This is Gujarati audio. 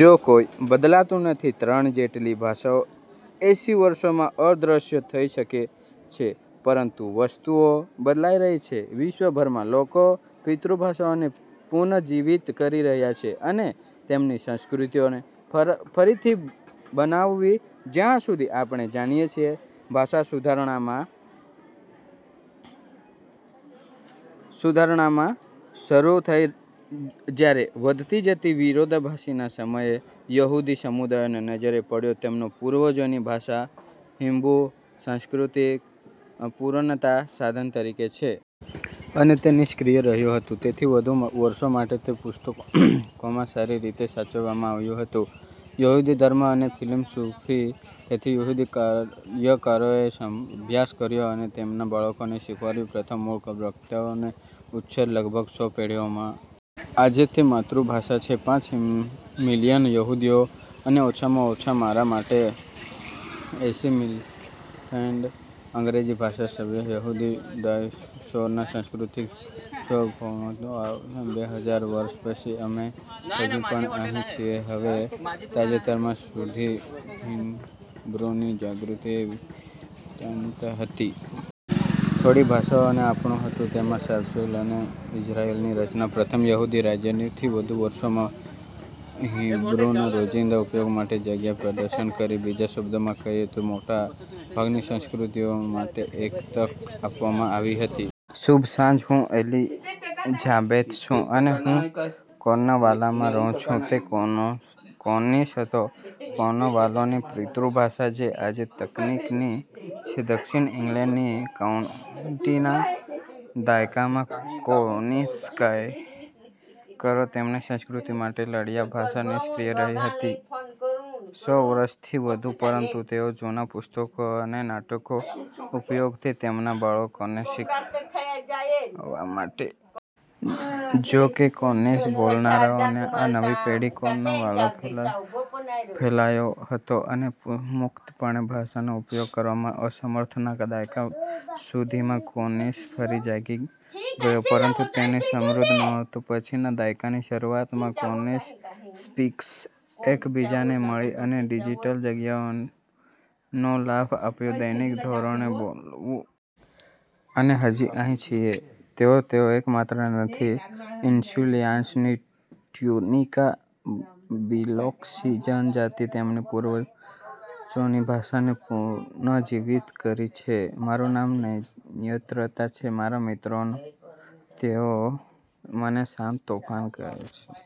જો કંઇ બદલાતું નથી, ત્રણ હજાર જેટલી ભાષાઓ એંસી વર્ષોમાં અદૃશ્ય થઈ શકે છે, પરંતુ વસ્તુઓ બદલાઈ રહી છે. વિશ્વભરમાં લોકો પિતૃભાષાઓને પુનર્જીવિત કરી રહ્યાં છે અને તેમની સંસ્કૃતિઓને ફરીથી બનાવવી. જ્યાં સુધી આપણે જાણીએ છીએ, ભાષા સુધારણા માં શરૂ થઈ, જ્યારે વધતી જતી વિરોધીતાના સમયે, યહૂદી સમુદાયો નજરે પડ્યા તેમની પૂર્વજોની ભાષા, હીબ્રુ, સાંસ્કૃતિક પુનરુત્થાનના સાધન તરીકે. અને તે નિષ્ક્રિય રહ્યું હતું થી વધુ વર્ષો માટે, તે પુસ્તકોમાં સારી રીતે સાચવવામાં આવ્યું હતું યહૂદી ધર્મ અને ફિલસૂફી. તેથી યહૂદી કાર્યકરોએ અભ્યાસ કર્યો અને તે તેમના બાળકોને શીખવ્યું, પ્રથમ મૂળ વક્તાઓનો ઉછેર લગભગ સો પેઢીઓમાં. આજે, તે માતૃભાષા છે પાંચ મિલિયન યહૂદીઓ. અને ઓછામાં ઓછા મારા માટે, એસિમિલેટેડ અંગ્રેજી ભાષી સભ્ય યહૂદી ડાયસ્પોરાના, સાંસ્કૃતિક સાર્વભૌમત્વનો આધારસ્તંભ. બે હજાર વર્ષ પછી, અમે હજી પણ અહીં છીએ. હવે, તાજેતરમાં સુધી, હિબ્રુની જાગૃતિ એ વિસંગતતા હતી. થોડી ભાષાઓ છે આપણું હતું તેમ સાચવેલ, અને ઇઝરાઇલની રચના, પ્રથમ યહૂદી રાજ્ય થી વધુ વર્ષોમાં, હિબ્રુના રોજિંદા ઉપયોગ માટે જગ્યા પ્રદાન કરી. બીજા શબ્દોમાં કહીએ તો, મોટા ભાગની સંસ્કૃતિઓ માત્ર એક તક આપવામાં આવી ન હતી. શુભ સાંજ, હું એલિઝાબેથ છું અને હું કોર્નવાલમાં રહું છું. તે કોર્નિશ હતો, કોર્નવોલની પિતૃભાષા, જે આજે તકનીકી છે દક્ષિણ ઇંગ્લેન્ડની કાઉન્ટી. ના દાયકામાં કોર્નિશ કાર્યકરો તેમની સંસ્કૃતિ માટે લડ્યા. ભાષા નિષ્ક્રિય રહી હતી સો વર્ષથી વધુ પરંતુ તેઓ જૂના પુસ્તકો અને નાટકો ઉપયોગ તે તેમના બાળકોને શીખવવા માટે. જો કે, કોર્નિશ બોલનારાઓની આ નવી પેઢી કોર્નવોલમાં ફેલાયેલો હતો અને મુક્તપણે ભાષાનો ઉપયોગ કરવામાં અસમર્થ. ના દાયકા સુધીમાં, કોર્નિશ ફરી જાગી ગયો, પરંતુ તે સમૃદ્ધ નહોતું. પછી, ના દાયકાની શરૂઆતમાં, કોર્નિશ સ્પીકર્સ એક બીજાને મળી અને ડિજિટલ જગ્યાઓનો લાભ આપ્યો દૈનિક ધોરણે બોલવું. અને અમે હજી અહીં છીએ. " અને તેઓ એકમાત્ર નથી. લ્યુઇસિયાનાની ટ્યુનિકા-બિલોક્સી જનજાતિ તેમની પૂર્વજોની ભાષાને પુનર્જીવિત કરી છે. મારું નામ તેયન્ના છે. મારા મિત્રો, તેઓ મને "શાંત તોફાન" કહે છે.